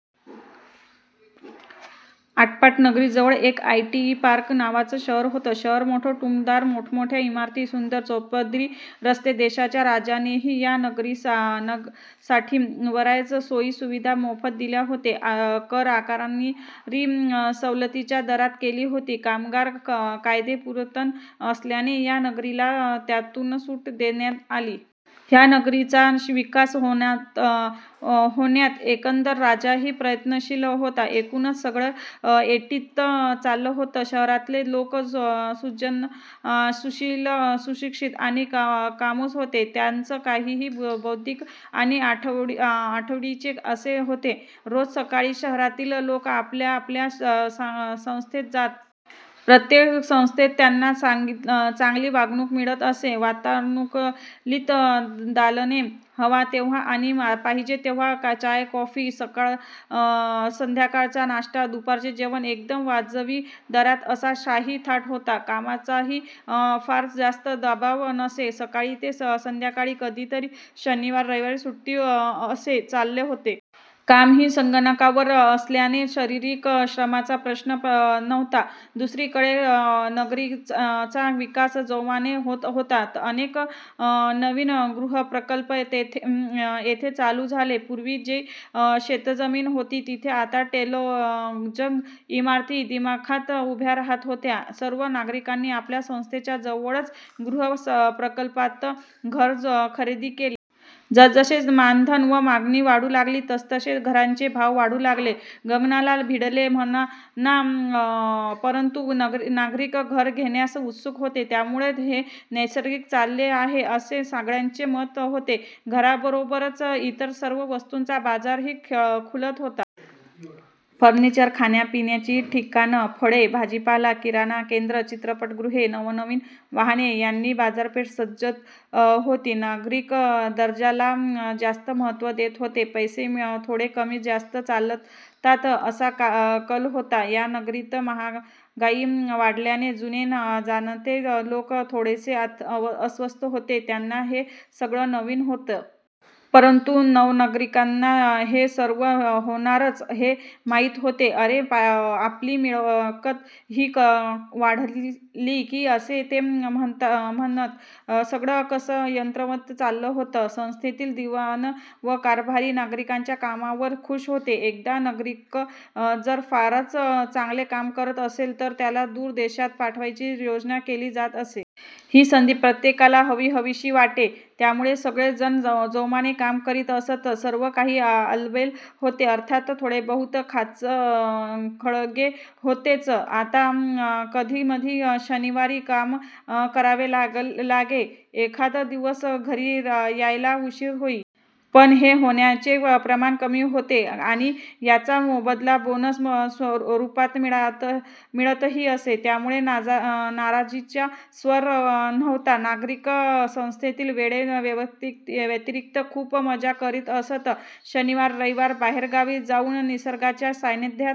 आटपाट नगरी जवळच एक आयटीपार्क नावाचं शहर होतं. शहर मोठ टूमदार. मोठ्या मोठ्या इमारती, सुंदर चौपदरी रस्ते. देशाच्या राजानेही या नगरीसाठी बरयाच सोयी-सुविधा मोफत दिल्या होते. करआकारणी सवलतीच्या दारात केली होती. कामगार कायदे पुरातन असल्याने या नगरीला त्यातून सुट देण्यात आली. ह्या नगरीचा विकास होण्यात एकंदर राजाही प्रयत्नशील होता. एकूणच सगळं ऐटीत चालल होतं. शहरातले लोक सुजाण, सुशिक्षित आणि कामसू होते. त्यांच कामही बौद्धिक आणि आवडीचे असे होते. रोज सकाळी शहरातली लोक आपल्या आपल्या संस्थेत जात. प्रत्येक संस्थेत त्यांना चांगली वागणूक मिळत असे. वातानुकुलीत दालने, हवा तेंव्हा आणि पाहिजे तेंव्हा चहा- कॉफी, सकाळ संध्याकाळचा नाष्टा, दुपारचे जेवण एकदम वाजवी दारात असा शाही थाट होता. कामाचाही फार जास्त दबाव नसे, सकाळी ते संध्याकाळी कधीतरी, शनिवार, रविवार सुट्टी असे चालले होते. कामही संगणकावर असल्याने शारीरिक श्रमाचा प्रश्न नव्हता. दुसरीकडे नगरीचा विकास जोमाने होत होता. अनेक नवीन गृहप्रकल्प येथे चालू झाले. पूर्वी जी शेतजमीन होती, तिथे आता टोलेजंग इमारती दिमाखात उभ्या राहत होत्या. सर्व नागरीकांनी आपल्या संस्थेच्या जवळच गृहप्रकल्पात घर खरेदी केले. जसजसे मानधन व मागणी वाढू लागली तसतसे घरांचे भाव वाढू लागले, गगनालाच भिडले म्हणा ना. परंतु नागरिक घर घेण्यास उत्सुक होते, त्यामुळे हे नैस्रार्गिक चालले आहे असे सगळ्यांचे मत होते. घराबरोबरच इतर सर्व वस्तूंचा बाजारही खुलत होता. फर्निचर, खाण्या पिण्याची ठिकाणं, फळे- भाजीपाल किराणा केंद्र, चित्रपटगृहे, नवनवीन वाहने यांनी बाजारपेठ सजत होती. नागरिक दर्जा ला जास्त महत्व देत होते, पैसे थोडे कमी-जास्त चालतात असा कल होता. या नगरीत महागाई वाढल्याने जुने जाणते लोक थोडेसे अस्वस्थ होते, त्याना हे सर्व नवीन होते. परंतु नवनागरीकांना हे सर्व होणारच हे माहित होते. "अरे आपली मिळकत ही वाढली की" असे ते म्हणत. सगळं कसं यंत्रवत चालला होतं. संस्थेतील दिवाण व कारभारी नागरिकांच्या कामावर खूष होते, एखादा नागरिक जर फारच चांगले काम करत असेल तर त्याला दूर देशात पाठवायची योजना केली जात असे. ही संधी प्रत्येकाला हवी हवीशी वाटे. त्यामुळे सगळे जण जोमाने काम करीत असत. सर्व काही आलबेल होते. अर्थात थोडे बहुत खाच खळगे होतेच. आता कधीमधी शनिवारी काम करावे लागे. एखाद दिवस घरी यायला उशीर होई. पण हे होण्याचे प्रमाण कमी होते आणि याचा मोबदला बोनस रूपात मिळतही असे, त्यामुळे नाराजीचा स्वर नव्हता. नागरिक संस्थेतील वेळेव्यतिरिक्त खूप मजा करीत असत. शनिवार रविवारी बाहेरगावी जाउन निसर्गाच्या सान्निध्यात